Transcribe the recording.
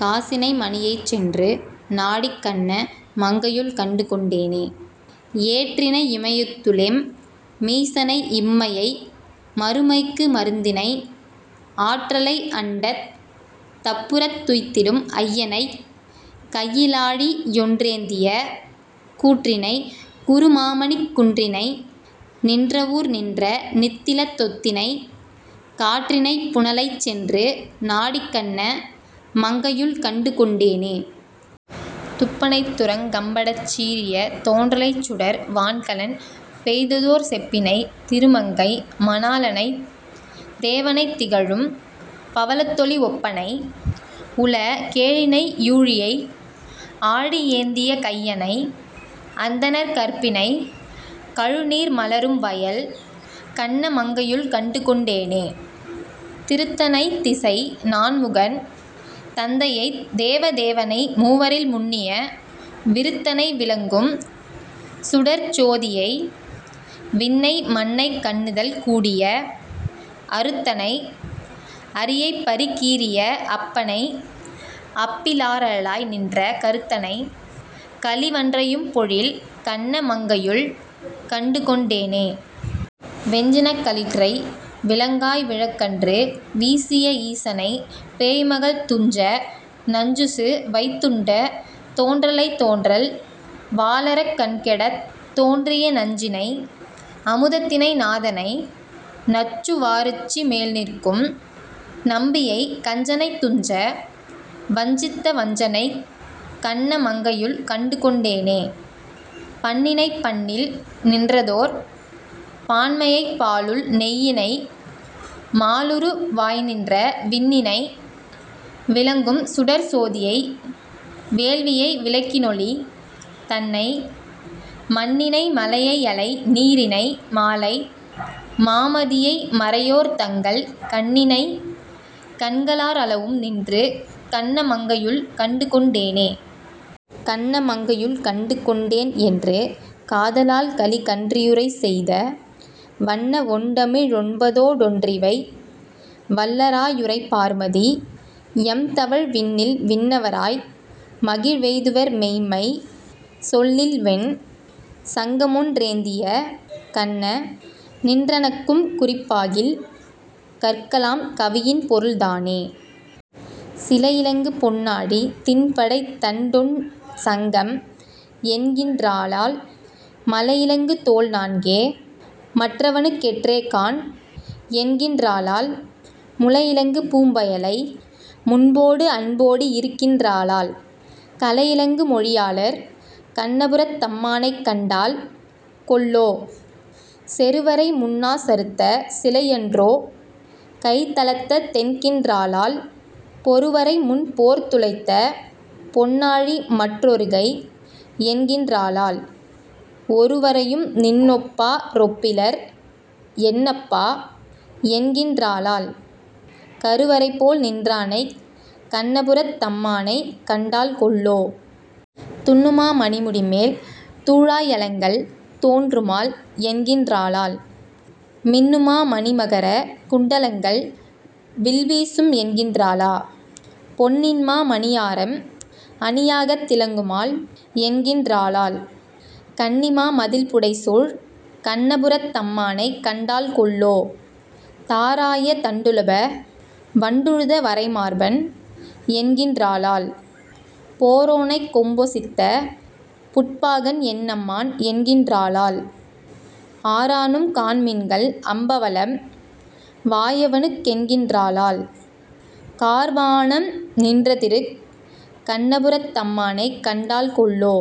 காசி னைமணி யைச்சென்று நாடிக் கண்ண மங்கையுள் கண்டுகொண் டேனே. ஏற்றி னையிம யத்துளெம் மீசனை இம்மை யைமறு மைக்கு மருந்தினை, ஆற்ற லை அண்டத் தப்புறத் துய்த்திடும் ஐய னைக்கையி லாழியொன் றேந்திய கூற்றி னை, குரு மாமணிக் குன்றினை நின்ற வூர்நின்ற நித்திலத் தொத்தினை, காற்றி னைப்புன லைச்சென்று நாடிக் கண்ண மங்கையுள் கண்டுகொண் டேனே. துப்ப னைத்துரங் கம்படச் சீறிய தோன்ற லைச்சுடர் வான்கலன் பெய்ததோர் செப்பி னை, திரு மங்கைம ணாளனைத் தேவ னைத்திக ழும்பவ ளத்தொளி ஒப்ப னை, உல கேழினை யூழியை ஆழி யேந்திய கையனை அந்தணர் கற்பி னை, கழு நீர்மல ரும்வயல் கண்ண மங்கையுள் கண்டுகொண் டேனே. திருத்த னைத்திசை நான்முகன் தந்தையைத் தேவ தேவனை மூவரில் முன்னிய விருத்த னை, விளங் கும்சுடர்ச் சோதியை விண்ணை மண்ணினைக் கண்ணுதல் கூடிய அருத்த னை, அரி யைப்பரி கீறிய அப்ப னை அப்பி லாரழ லாய்நின்ற கருத்த னை, களி வண்டறை யும்பொழில் கண்ண மங்கையுள் கண்டுகொண் டேனே. வெஞ்சி னக்களிற் றைவிளங் காய்விழக் கன்று வீசிய ஈசனை, பேய்மகள் துஞ்ச நஞ்சுசு வைத்துண்ட தோன்றலைத் தோன்றல் வாளரக் கன்கெடத் தோன்றிய நஞ்சி னை, அமு தத்தினை நாதனை நச்சு வாருச்சி மேல்நிற்கும் நம்பியை, கஞ்ச னைத்துஞ்ச வஞ்சித்த வஞ்சனைக், கண்ண மங்கையுள் கண்டுகொண் டேனே. பண்ணி னைப்பண்ணில் நின்றதோர் பான்மையைப் பாலுள் நெய்யினை மாலுரு வாய்நின்ற விண்ணி னை, விளங் கும்சுடர்ச் சோதியை வேள்வி யைவிளக் கினொளி தன்னை, மண்ணி னைமலை யையலை நீரினை மாலை மாமதி யைமறை யோர்தங்கள் கண்ணி னை, கண்க ளாரள வும்நின்று கண்ண மங்கையுள் கண்டுகொண் டேனே. கண்ண மங்கையுள் கண்டுகொண் டேன் என்று காத லால்கலி கன்றியு ரைசெய்த, வண்ண வொண்டமி ழொன்பதோ டொன்றிவை வல்ல ராயுரைப் பார்மதி யம்தவழ் விண்ணில் விண்ணவ ராய்மகிழ் வெய்துவர் மெய்ம்மை சொல்லில்வெண் சங்கமொன் றேந்திய கண்ண, நின்றனக் கும்குறிப் பாகில் கற்க லாம்கவி யின்பொருள் தானே. சிலையிலங்கு பொன்னாழி திண்படைதண் டொண்சங்கம் என்கின் றாளால், மலையிலங்கு தோள்நான்கே மற்றவனுக் கெற்றேகாண் என்கின் றாளால், முலையிலங்கு பூம்பயலை முன்போட அன்போடி யிருக்கின் றாளால், கலையிலங்கு மொழியாளர் கண்ணபுரத் தம்மானைக் கண்டாள் கொல்லோ.. செருவரைமுன் னாசறுத்த சிலையன்றோ கைத்தலத்த தென்கின் றாளால், பொருவரைமுன் போர்தொலைத்த பொன்னாழி மற்றொருகை என்கின் றாளால், ஒருவரையும் நின்னொப்பா ரொப்பிலர் என்னப்பா என்கின் றாளால், கருவரைபோல் நின்றானைக் கண்ணபுரத் தம்மானைக் கண்டாள் கொல்லோ.. துன்னுமா மணிமுடிமேல் துழாயலங்கல் தோன்றுமால் என்கின் றாளால், மின்னுமா மணிமகர குண்டலங்கள் வில்வீசும் என்கின் றாளால், பொன்னின்மா மணியாரம் அணியாகத் திலங்குமால் என்கின் றாளால், கன்னிமா மதிள்புடைசூழ் கண்ணபுரத் தம்மானைக் கண்டாள் கொல்லோ.. தாராய தண்டுளப வண்டுழுத வரைமார்பன் என்கின் றாளால், போரானைக் கொம்பொசித்த புட்பாகன் என்னம்மான் என்கின் றாளால், ஆரானும் காண்மின்கள் அம்பவளம் வாயவனுக் கென்கின் றாளால், கார்வானம் நின்றதிருக் கண்ணபுரத் தம்மானைக் கண்டாள் கொல்லோ..